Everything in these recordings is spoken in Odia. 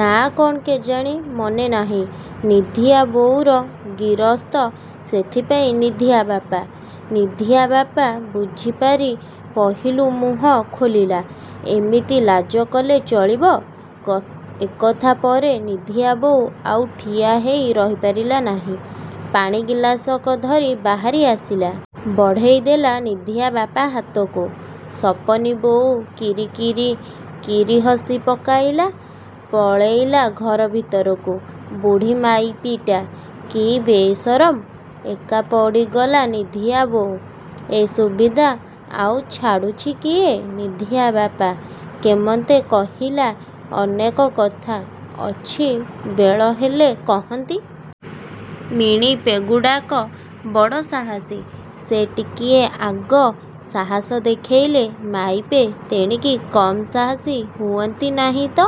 ନାଆଁ କଣ କେଜାଣି ମନେ ନାହିଁ। ନିଧିଆ ବୋଉର ଗିରସ୍ତ, ସେଥିପାଇଁ ନିଧିଆ ବାପା। ନିଧିଆ ବାପା ବୁଝିପାରି ପହିଲୁ ମୁହଁ ଖୋଲିଲା ଏମିତି ଲାଜକଲେ ଚଳିବ ଏକଥା ପରେ ନିଧିଆବୋଉ ଆଉ ଠିଆ ହେଇ ରହି ପାରିଲାନାହିଁ। ପାଣି ଗିଲାସକ ଧରି ବାହାରି ଆସିଲା। ବଢ଼େଇ ଦେଲା ନିଧିଆବାପା ହାତକୁ। ସପନୀବୋଉ କିରି କିରି କରି ହସି ପକେଇଲା। ପଳେଇଲା ଘର ଭିତରକୁ। ବୁଢ଼ୀ ମାଇପିଟା। କି ବେସରମ। ଏକା ପଡ଼ିଗଲା ନିଧିଆ ବୋଉ। ଏ ସୁବିଧା ଆଉ ଛାଡ଼ୁଛି କିଏ? ନିଧିଆବାପା କେମନ୍ତେ କହିଲା ଅନେକ କଥା ଅଛି ବେଳହେଲେ କହନ୍ତି। ମିଣିପେଗୁଡ଼ାକ ବଡ଼ ସାହସୀ। ସେ ଟିକିଏ ଆଗ ସାହସ ଦେଖେଇଲେ ମାଇପେ ତେଣିତି କମ୍ ସାହସୀ ହୁଅନ୍ତି ନାହିଁତ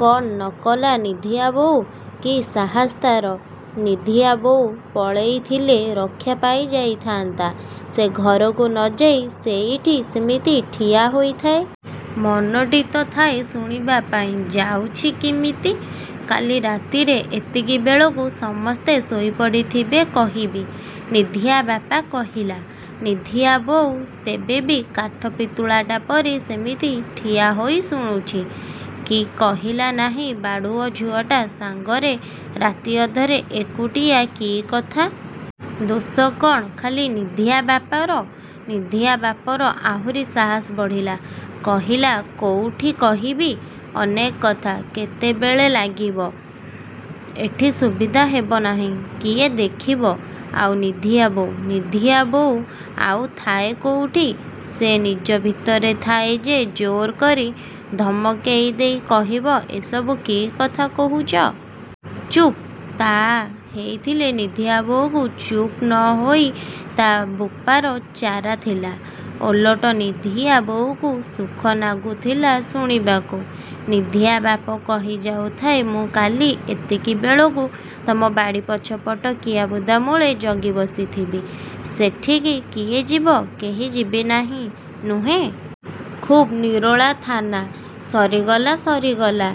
କଣ ନକଲା ନିଧିଆ ବୋଉ। କି ସାହସ ତାର, ନିଧିଆବୋଉ ପଳେଇଥିଲେ ରକ୍ଷା ପାଇ ଯାଇଥାନ୍ତା। ସେ ଘରକୁ ନଯାଇ ସେଇଠି ସେମିତି ଠିଆ ହୋଇଥାଏ। ମନଟି ତ ଥାଏ ଶୁଣିବାପାଇଁ ଯାଉଚି କିମିତି। କାଲି ରାତିରେ ଏତିକିବେଳକୁ ସମସ୍ତେ ଶୋଇ ପଡ଼ିଥିବେ କହିବି। ନିଧିଆ ବାପ କହିଲା। ନିଧିଆବୋଉ ତେବେବି କାଠ ପିତୁଳାଟାପରି ସେମିତି ଠିଆ ହୋଇ ଶୁଣୁଛି। କି କହିଲାନାହିଁ ବାଡ଼ୁଅ ଝୁଅଟା ସାଙ୍ଗରେ ରାତିଅଧରେ ଏକୁଟିଆ କି କଥା? ଦୋଷ କଣ ଖାଲି ନିଧିଆବାପାର ନିଧିଆବାପର ଆହୁରି ସାହସ ବଢ଼ିଲା। କହିଲା କୋଉଠି କହିବି? ଅନେକ କଥା କେତେବେଳ ଲାଗିବ। ଏଠି ସୁବିଧା ହେବ ନାହିଁ। କିଏ ଦେଖିବ। ଆଉ ନିଧିଆ ବୋଉ! ନିଧିଆବୋଉ ଆଉ ଥାଏ କୋଉଠି। ସେ ନିଜଭିତରେ ଥାଏ ଯେ ଜୋର୍ କରି ଧମକେଇ ଦେଇ କହିବ ଏସବୁ କି କଥା କହୁଚ? ଚୁପ୍। ତା ହେଇଥିଲେ ନିଧିଆବୋଉକୁ ଚୁପ୍ ନ ହେଇ ତା ବୁପାର ଚାରା ଥିଲା? ଓଲଟ ନିଧିଆ ବୋଉକୁ ସୁଖ ନାଗୁଥିଲା ଶୁଣିବାକୁ ନିଧିଆବାପ କହିଯାଉଥାଏ ମୁଁ କାଲି ଏତିକିବେଳକୁ ତମ ବାଡ଼ି ପଛପଟ କିଆବୁଦା ମୂଳେ ଜଗିବସିଥିବି। ସେଠିକି କିଏ ଯିବ କେହି ଯିବେ ନାହିଁ, ନୁହେଁ? ଖୁବ୍ ନିରୋଳା ଥାନ ସରିଗଲା ସରିଗଲା।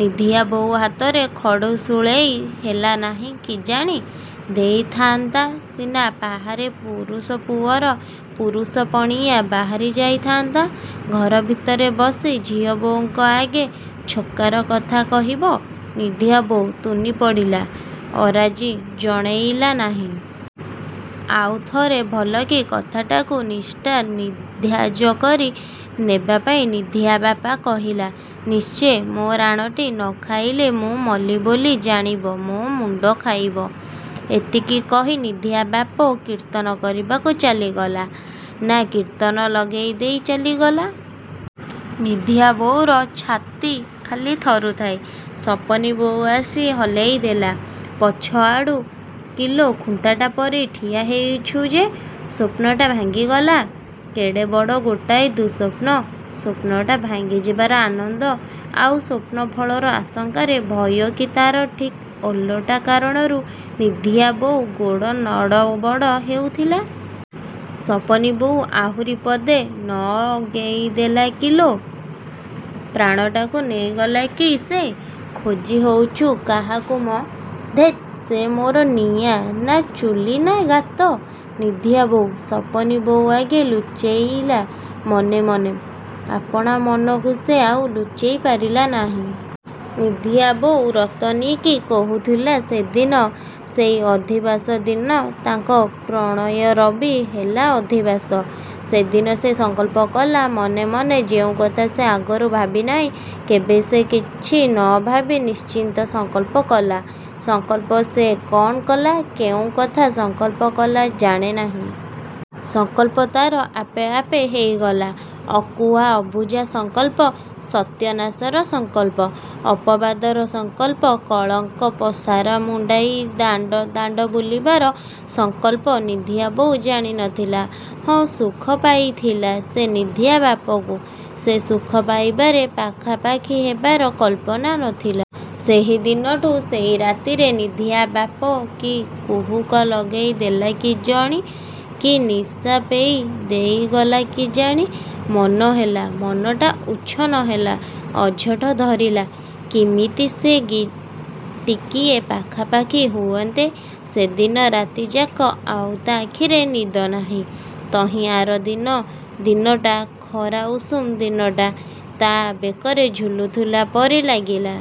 ନିଧିଆବୋଉ ହାତର ଖଡ଼ୁ ଶୂଳେଇ ହେଲାନାହିଁ କିଜାଣି। ଦେଇଥାନ୍ତା ସିନା ପାହାରେ ପୁରୁଷପୁଅର ପୁରୁଷପଣିଆ ବାହାରି ଯାଇ ଥାଆନ୍ତା। ଘର ଭିତରେ ବସି ଝିଅବହୂଙ୍କ ଆଗେ ଛୋକାର କଥା କହିବ। ନିଧିଆବୋଉ ତୁନିପଡ଼ିଲା। ଅରାଜି ଜଣେଇଲା ନାହିଁ। ଆଉ ଥରେ ଭଲକି କଥାଟାକୁ ନିଷ୍ଠା ନିଧାର୍ଯ୍ୟ କରି ନେବାପାଇଁ ନିଧିଆବାପ କହିଲା ନିଶ୍ଚେ ମୋ ରାଣଟି ନ ଆସିଲେ ମୁଁ ମଲି ବୋଲି ଜାଣିବ ମୋ ମୁଣ୍ଡ ଖାଇବ। ଏତିକି କହି ନିଧିଆବାପ କୀର୍ତ୍ତନ କରିବାକୁ ଚାଲିଗଲା ନା କୀର୍ତ୍ତନ ଲଗେଇ ଦେଇ ଚାଲିଗଲା। ନିଧିଆବୋଉର ଛାତି ଖାଲି ଥରୁଥାଏ ସପନୀବୋଉ ଆସି ହଲେଇ ଦେଲା ପଛଆଡ଼ୁ କିଲୋ ଖୁଣ୍ଟଟା ପରି ଠିଆହେଇଚୁ ଯେ ସ୍ୱପ୍ନଟା ଭାଙ୍ଗିଗଲା। କେଡ଼େ ବଡ଼ ଗୋଟାଏ ଦୁଃସ୍ୱପ୍ନ। ସ୍ୱପ୍ନଟା ଭାଙ୍ଗି ଯିବାର ଆନନ୍ଦ ଆଉ ସ୍ୱପ୍ନଫଳର ଆଶଙ୍କାରେ ଭୟ କି ତାର ଠିକ୍ ଓଲଟା କାରଣରୁ ନିଧିଆବୋଉ ଗୋଡ଼ ନଡ଼ବଡ଼ ହେଉଥିଲା। ସପନୀବୋଉ ଆହୁରି ପଦେ ନଗେଇଦେଲା କିଲୋ? ପ୍ରାଣଟାକୁ ନେଇଗଲା କି ସେ? ଖୋଜି ହଉଚୁ କାହାକୁ ମ ଧେତ୍, ସେ ମୋର ନିଆଁ ନା ଚୁଲି ନା ଗାତ ନିଧିଆବୋଉ ସପନୀବୋଉ ଆଗେ ଲୁଚେଇଲା ମନେ ମନେ। ଆପଣାମନକୁ ସେ ଆଉ ଲୁଚେଇ ପାରିଲାନି। ନିଧିଆବୋଉ ରତନୀକି କହୁଥିଲା ସେଇଦିନ ସେଇ ଅଧିବାସ ଦିନ ତାଙ୍କ ପ୍ରଣୟରବି ହେଲା ଅଧିବାସ। ସେଦିନ ସେ ସଂକଳ୍ପ କଲା ମନେ ମନେ ଯେଉଁକଥା ସେ ଆଗରୁ ଭାବିନାହିଁ କେବେ ସେ କିଛି ନ ଭାବି ନଚିନ୍ତି ସଂକଳ୍ପ କଲା। ସଂକଳ୍ପ ସେ କଣ କଲା, କେଉଁ କଥା ସଂକଳ୍ପ କଲା ଜାଣେ ନାହିଁ। ସଂକଳ୍ପ ତାର ଆପେ ଆପେ ହେଇଗଲା। ଅକୁହା, ଅବୁଝା ସଂକଳ୍ପ। ସତ୍ୟାନାଶର ସଂକଳ୍ପ ଅପବାଦର ସଂକଳ୍ପ କଳଙ୍କ ପଶରା ମୁଣ୍ଡେଇ ଦାଣ୍ଡ ଦାଣ୍ଡ ବୁଲିବାର ସଂକଳ୍ପ ନିଧିଆବୋଉ ଜାଣି ନଥିଲା। ହଁ, ସୁଖପାଉଥିଲା ସେ ନିଧିଆବାପକୁ। ସେ ସୁଖ ପାଇବାରେ ପାଖାପାଖି ହେବାର କଳ୍ପନା ନଥିଲା। ସେଇଦିନଠୁ ସେଇ ରାତିରେ ନିଧିଆବାପ କି କୁହୁକ ଲଗେଇ ଦେଲା କିଜଣି କି ନିଶା ପେଇ ଦେଇଗଲା କିଜାଣି, ମନହେଲା, ମନଟା ଉଚ୍ଛନ୍ନ ହେଲା ଅଝଟ ଧରିଲା କିମିତି ସେ ଟିକିଏ ପାଖାପାଖି ହୁଅନ୍ତେ। ସେଦିନ ରାତିଯାକ ଆଉ ତା ଆଖିରେ ନିଦନାହିଁ। ତହିଁଆରଦିନ ଦିନଟା, ଖରା ଉଷୁମ ଦିନଟା ତା ବେକରେ ଝୁଲୁଥିଲା ପରି ଲାଗିଲା।